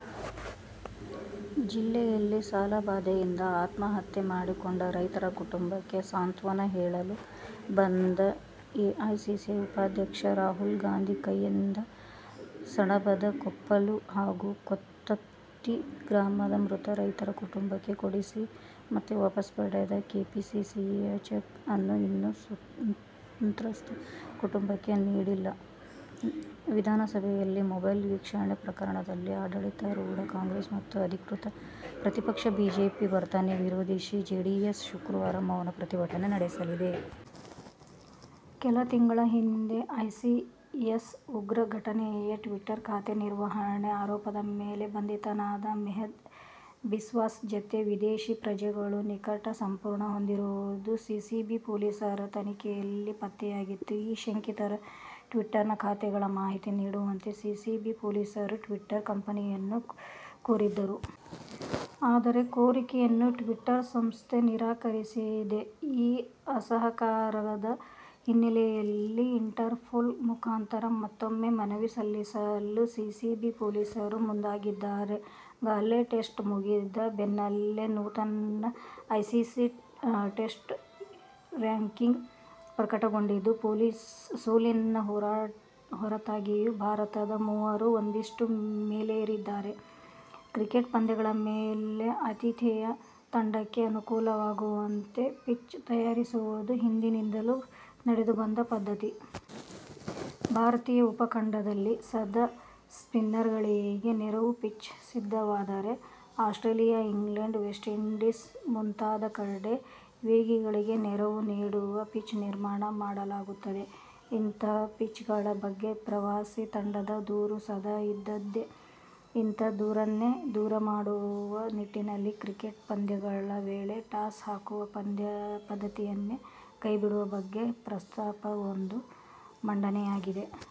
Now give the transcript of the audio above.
ಜಿಲ್ಲೆಯಲ್ಲಿ ಸಾಲಬಾಧೆಯಿಂದ ಆತ್ಮಹತ್ಯೆ ಮಾಡಿಕೊಂಡ ರೈತರ ಕುಟುಂಬಕ್ಕೆ ಸಾಂತ್ವನ ಹೇಳಲು ಬಂದ ಎಐಸಿಸಿ ಉಪಾಧ್ಯಕ್ಷ ರಾಹುಲ್ಗಾಂಧಿ ಕೈಯಿಂದ ಸಣಬದ ಕೊಪ್ಪಲು ಹಾಗೂ ಕೊತ್ತತ್ತಿ ಗ್ರಾಮದ ಮೃತ ರೈತರ ಕುಟುಂಬಕ್ಕೆ ಕೊಡಿಸಿ ಮತ್ತೆ ವಾಪಸ್ ಪಡೆದ ಕೆಪಿಸಿಸಿಯ ಚೆಕ್ ಅನ್ನು ಇನ್ನೂ ಸಂತ್ರಸ್ತ ಕುಟುಂಬಕ್ಕೆ ನೀಡಿಲ್ಲ! ವಿಧಾನಸಭೆಯಲ್ಲಿ ಮೊಬೈಲ್ ವೀಕ್ಷಣೆ ಪ್ರಕರಣದಲ್ಲಿ ಆಡಳಿತಾರೂಢ ಕಾಂಗ್ರೆಸ್ ಮತ್ತು ಅಧಿಕೃತ ಪ್ರತಿಪಕ್ಷ ಬಿಜೆಪಿ ವರ್ತನೆ ವಿರೋಧಿಸಿ ಜೆಡಿಎಸ್ ಶುಕ್ರವಾರ ಮೌನ ಪ್ರತಿಭಟನೆ ನಡೆಸಲಿದೆ. ಕೆಲ ತಿಂಗಳ ಹಿಂದೆ ಐಸಿಎಸ್ ಉಗ್ರ ಸಂಘಟನೆಯ ಟ್ವೀಟರ್ ಖಾತೆ ನಿರ್ವಹಣೆ ಆರೋಪದ ಮೇಲೆ ಬಂಧಿತನಾದ ಮೆಹದಿ ಬಿಸ್ವಾಸ್ ಜತೆ ವಿದೇಶಿ ಪ್ರಜೆಗಳು ನಿಕಟ ಸಂಪರ್ಕ ಹೊಂದಿರುವುದು ಸಿಸಿಬಿ ಪೊಲೀಸರ ತನಿಖೆಯಲ್ಲಿ ಪತ್ತೆಯಾಗಿತ್ತು. ಈ ಶಂಕಿತರ ಟ್ವೀಟರ್ ಖಾತೆಗಳ ಮಾಹಿತಿ ನೀಡುವಂತೆ ಸಿಸಿಬಿ ಪೊಲೀಸರು ಟ್ವೀಟರ್ ಕಂಪನಿಯನ್ನು ಕೋರಿದ್ದರು. ಆದರೆ ಕೋರಿಕೆಯನ್ನು ಟ್ವೀಟರ್ ಸಂಸ್ಥೆ ನಿರಾಕರಿಸಿದೆ. ಈ ಅಸಹಕಾರದ ಹಿನ್ನೆಲೆಯಲ್ಲಿ ಇಂಟರ್ಪೋಲ್ ಮುಖಾಂತರ ಮತ್ತೂಮ್ಮೆ ಮನವಿ ಸಲ್ಲಿಸಲು ಸಿಸಿಬಿ ಪೊಲೀಸರು ಮುಂದಾಗಿದ್ದಾರೆ. ಗಾಲೆ ಟೆಸ್ಟ್ ಮುಗಿದ ಬೆನ್ನಲ್ಲೇ ನೂತನ ಐಸಿಸಿ ಟೆಸ್ಟ್ ರ್ಯಾಂಕಿಂಗ್ ಪ್ರಕಟಗೊಂಡಿದ್ದು, ಸೋಲಿನ ಹೊರತಾಗಿಯೂ ಭಾರತದ ಮೂವರು ಒಂದಿಷ್ಟು ಮೇಲೇರಿದ್ದಾರೆ. ಕ್ರಿಕೆಟ್ ಪಂದ್ಯಗಳ ವೇಳೆ, ಆತಿಥೇಯ ತಂಡಕ್ಕೆ ಅನುಕೂಲವಾಗುವಂತೆ ಪಿಚ್ ತಯಾರಿಸುವುದು ಹಿಂದಿನಿಂದಲೂ ನಡೆದು ಬಂದ ಪದ್ಧತಿ. ಭಾರತೀಯ ಉಪಖಂಡದಲ್ಲಿ ಸದಾ ಸ್ಪಿನ್ನರ್ಗಳಿಗೆ ನೆರವು ಪಿಚ್ ಸಿದ್ಧವಾದರೆ, ಆಸ್ಟ್ರೇಲಿಯಾ, ಇಂಗ್ಲೆಂಡ್, ವೆಸ್ಟ್ಇಂಡೀಸ್ ಮುಂತಾದಕಡೆ ವೇಗಿಗಳಿಗೆ ನೆರವು ನೀಡುವ ಪಿಚ್ ನಿರ್ಮಾಣ ಮಾಡಲಾಗುತ್ತದೆ. ಇಂಥ ಪಿಚ್ಗಳ ಬಗ್ಗೆ ಪ್ರವಾಸಿ ತಂಡದ ದೂರು ಸದಾ ಇದ್ದದ್ದೇ. ಇಂಥ ದೂರನ್ನೇ ದೂರ ಮಾಡುವ ನಿಟ್ಟಿನಲ್ಲಿ ಕ್ರಿಕೆಟ್ ಪಂದ್ಯಗಳ ವೇಳೆ ಟಾಸ್ ಹಾಕುವ ಪದ್ಧತಿಯನ್ನೇ ಕೈಬಿಡುವ ಬಗ್ಗೆ ಪ್ರಸ್ತಾಪವೊಂದು ಮಂಡನೆಯಾಗಿದೆ.